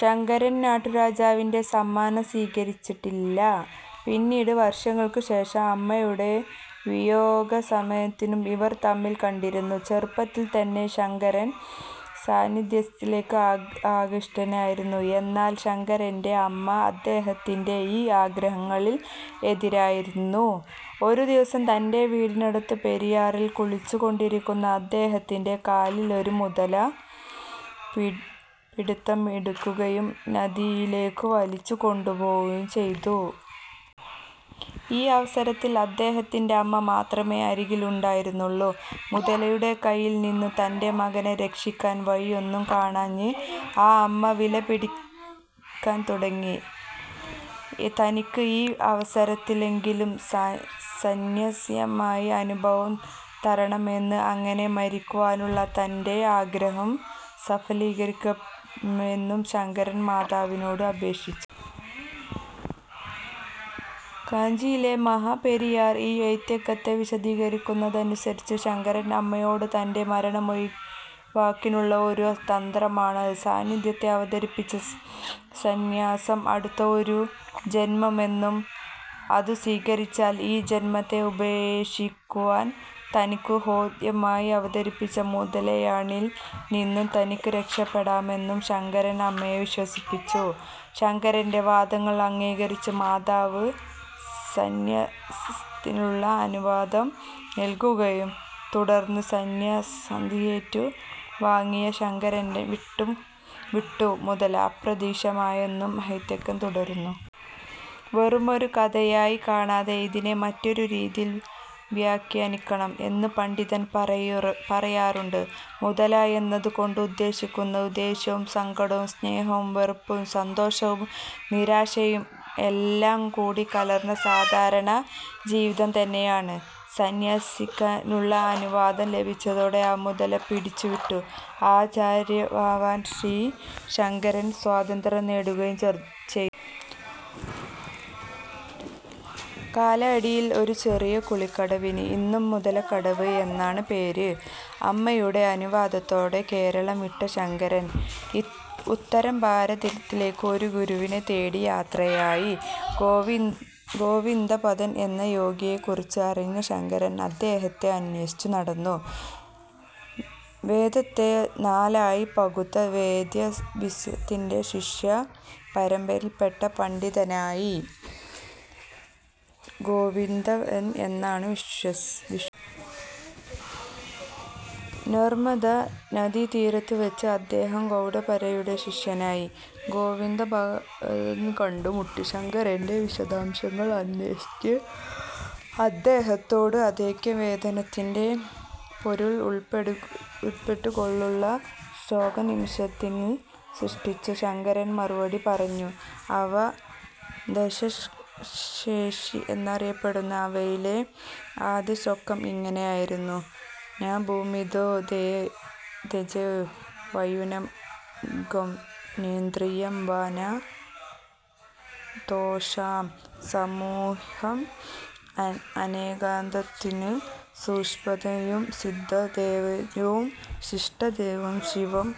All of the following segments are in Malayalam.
ശങ്കരൻ നാട്ടുരാജാവിന്റെ സമ്മാനം സ്വീകരിചട്ടില്ല. പിന്നീട് വർഷങ്ങൾക്ക് ശേഷം അമ്മയുടെ വിയോഗസമയത്തും ഇവർ തമ്മിൽ കണ്ടിരുന്നു. ചെറുപ്പത്തിൽ തന്നെ ശങ്കരൻ സന്ന്യാസത്തിലേക്കു ആകൃഷ്ടനായിരുന്നു. എന്നാൽ ശങ്കരന്റെ അമ്മ അദ്ദേഹത്തിന്റെ ഈ ആഗ്രഹത്തിന് എതിരായിരുന്നു. ഒരു ദിവസം തന്റെ വീട്ടിനടുത്തുള്ള പെരിയാറിൽ കുളിച്ചു കൊണ്ടിരുന്ന അദ്ദേഹത്തിന്റെ കാലിൽ ഒരു മുതല പിടിത്തമിടുകയും നദിയിലേക്കു വലിച്ചു കൊണ്ടു പോകുകയും ചെയ്തു. ഈ അവസരത്തിൽ അദ്ദേഹത്തിന്റെ അമ്മ മാത്രമേ അരികിൽ ഉണ്ടായിരുന്നുള്ളൂ. മുതലയുടെ കയ്യിൽ നിന്നു തന്റെ മകനെ രക്ഷിക്കാൻ വഴിയൊന്നും കാണാഞ്ഞ് ആ അമ്മ വിലപിക്കാൻ തുടങ്ങി. തനിക്ക് ഈ അവസരത്തിലെങ്കിലും സന്ന്യാസിയാവാൻ അനുവാദം തരണമെന്നും അങ്ങനെ മരിക്കുവാനുള്ള തന്റെ ആഗ്രഹം സഫലീകരിക്കണമെന്നും ശങ്കരൻ മാതാവിനോട് അപേക്ഷിച്ചു. കാഞ്ചിയിലെ മഹാപെരിയവൾ ഈ ഐതിഹ്യത്തെ വിശദീകരിക്കുന്നതനുസരിച്ച്, ശങ്കരൻ അമ്മയോട് തന്റെ മരണമൊഴിവാക്കാനുള്ള ഒരു തന്ത്രമായാണ് സന്ന്യാസത്തെ അവതരിപ്പിച്ചത്. സന്ന്യാസം അടുത്ത ഒരു ജന്മമാണെന്നും അതു സ്വീകരിച്ചാൽ, ഈ ജന്മത്തെ ഉപേക്ഷിക്കുവാൻ തനിക്കു ഹേതുവായി അവതരിച്ച മുതലയിൽ നിന്നും തനിക്കു രക്ഷപ്പെടാമെന്നും ശങ്കരൻ അമ്മയെ വിശ്വസിപ്പിച്ചു. ശങ്കരന്റെ വാദങ്ങൾ അംഗീകരിച്ച മാതാവ് സന്ന്യാസത്തിനുള്ള അനുവാദം നൽകിയെന്നും തുടർന്ന് സന്ന്യാസദീക്ഷയേറ്റു വാങ്ങിയ ശങ്കരനെ വിട്ട് മുതല അപ്രത്യക്ഷമായെന്നും ഐതിഹ്യം തുടരുന്നു. വെറുമൊരു കഥയായി കാണാതെ ഇതിനെ മറ്റൊരു രീതിയിൽ വ്യാഖ്യാനിക്കണം എന്നും പണ്ഡിതർ പറയാറുണ്ട്. മുതല എന്നതു കൊണ്ട് ഉദ്ദേശിക്കുന്നത് ദേഷ്യവും സങ്കടവും സ്നേഹവും വെറുപ്പം സന്തോഷവും നിരാശയും എല്ലാം കൂടിക്കലർന്ന സാധാരണ ജീവിതം തന്നെയാണ്. സന്യസിക്കാനുള്ള അനുവാദം ലഭിച്ചതോടെ ആ 'മുതല' പിടിവിട്ടു. ആചാര്യനാവാൻ ശ്രീശങ്കരൻ സ്വാതന്ത്ര്യം നേടുകയും ചെയ്തു. കാലടിയിൽ ഒരു ചെറിയ കുളിക്കടവിന് ഇന്നും "മുതലക്കടവ്" എന്നാണ് പേര്. അമ്മയുടെ അനുവാദത്തോടെ കേരളം വിട്ട ശങ്കരൻ ഉത്തര ഭാരതത്തിലേക്ക് ഒരു ഗുരുവിനെ തേടി യാത്രയായി. ഗോവിന്ദപാദൻ എന്ന യോഗിയെക്കുറിച്ച് അറിഞ്ഞ ശങ്കരൻ അദ്ദേഹത്തെ അന്വേഷിച്ച് നടന്നു. വേദത്തെ നാലായി പകുത്ത വേദവ്യാസന്റെ ശിഷ്യ പരമ്പരയിൽപ്പെട്ട പണ്ഡിതനായിരുന്നു ഗോവിന്ദപാദർ എന്നാണ് വിശ്വാസം. നർമദാ നദീതീരത്തു വച്ച് അദ്ദേഹം ഗൗഡപാദരുടെ ശിഷ്യനായ ഗോവിന്ദഭഗവദ്പാദരെ കണ്ടു മുട്ടി. ശങ്കരന്റെ വിശദാംശങ്ങൾ അന്വേഷിച്ച അദ്ദേഹത്തോട്, അദ്വൈത വേദാന്തത്തിന്റെ പൊരുൾ ഉൾക്കൊള്ളുന്ന ശ്ലോകം നിമിഷാർദ്ധത്തിൽ സൃഷ്ടിച്ചു ശങ്കരൻ മറുപടി പറഞ്ഞു. അവ ദശശ്ലോകി എന്നറിയപ്പെടുന്നു. അവയിലെ ആദ്യ ശ്ലോകം ഇങ്ങനെയാണ്. ന ഭൂമിർന തോയം ന തേജോ ന വായുഃന ഖം നേന്ദ്രിയം വാ ന തേഷാം സമൂഹഃഅനേകാന്തികത്വാത് സുഷുപ്ത്യേകസിദ്ദഃതദേകോഽവശിഷ്ടഃ ശിവഃ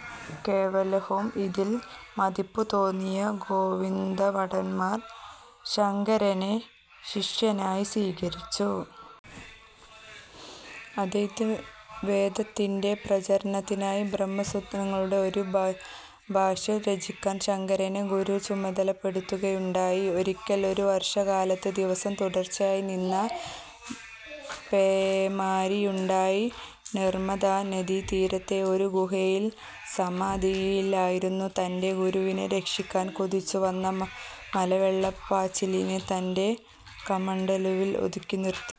കേവലോഽഹം ഇതിൽ മതിപ്പു തോന്നിയ ഗോവിന്ദഭഗവദ്പാദർ ശങ്കരനെ ശിഷ്യനായി സ്വീകരിച്ചു. അദ്വൈത വേദാന്തത്തിന്റെ പ്രചാരത്തിനായി ബ്രഹ്മസൂത്രങ്ങളുടെ ഒരു ഭാഷ്യം രചിക്കാൻ ശങ്കരനെ ഗുരു ചുമതലപ്പെടുത്തുകയുണ്ടായി. ഒരിക്കൽ ഒരു വർഷക്കാലത്ത് ദിവസം തുടർച്ചയായി നിന്ന പേമാരിയുണ്ടായി. നർമദാ നദീ തീരത്തെ ഒരു ഗുഹയിൽ സമാധിയിലായിരുന്ന തന്റെ ഗുരുവിനെ രക്ഷിക്കാൻ, കുതിച്ചു വന്ന മലവെള്ളപ്പാച്ചിലിനെ തന്റെ കമണ്ഡലുവിൽ ഒതുക്കി നിർത്തി.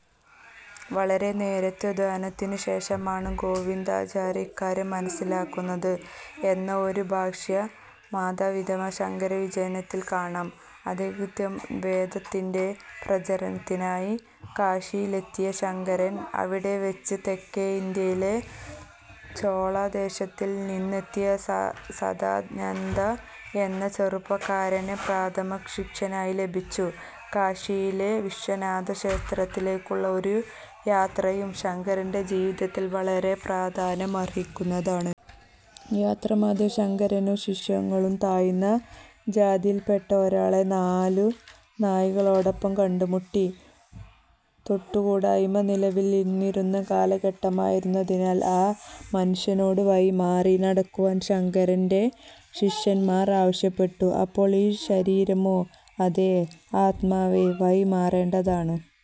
വളരെ നേരത്തെ ധ്യാനത്തിനു ശേഷമാണ് ഗോവിന്ദാചാര്യർ ഇക്കാര്യം മനസ്സിലാക്കുന്നത് എന്ന ഒരു ഭാഷ്യം മാധവീയ ശങ്കരവിജയത്തിൽ കാണാം. അദ്വൈത വേദാന്തത്തിന്റെ പ്രചാരത്തിനായി കാശിയിലെത്തിയ ശങ്കരന്, അവിടെ വച്ച് തെക്കേ ഇന്ത്യയിലെ ചോളദേശത്തിൽ നിന്നെത്തിയ സദാനന്ദ എന്ന ചെറുപ്പക്കാരനെ പ്രഥമ ശിഷ്യനായി ലഭിച്ചു. കാശിയിലെ വിശ്വനാഥ ക്ഷേത്രത്തിലേക്കുള്ള ഒരു യാത്രയും ശങ്കരന്റെ ജീവിതത്തിൽ വളരെ പ്രാധാന്യമർഹിക്കുന്നതാണ്. യാത്രാമധ്യേ, ശങ്കരനും ശിഷ്യഗണങ്ങളും താഴ്ന്ന ജാതിയിൽ പെട്ട ഒരാളെ നാലു നായ്ക്കളോടൊപ്പം കണ്ടു മുട്ടി. 'തൊട്ടു കൂടായ്മ' നിലവിലിരുന്ന കാലഘട്ടമായിരുന്നതിനാൽ, ആ മനുഷ്യനോട് വഴി മാറി നടക്കുവാൻ ശങ്കരന്റെ ശിഷ്യന്മാർ ആവശ്യപ്പെട്ടു. അപ്പോൾ, "ഈ ശരീരമോ അതോ ആത്മാവോ വഴി മാറേണ്ടത്"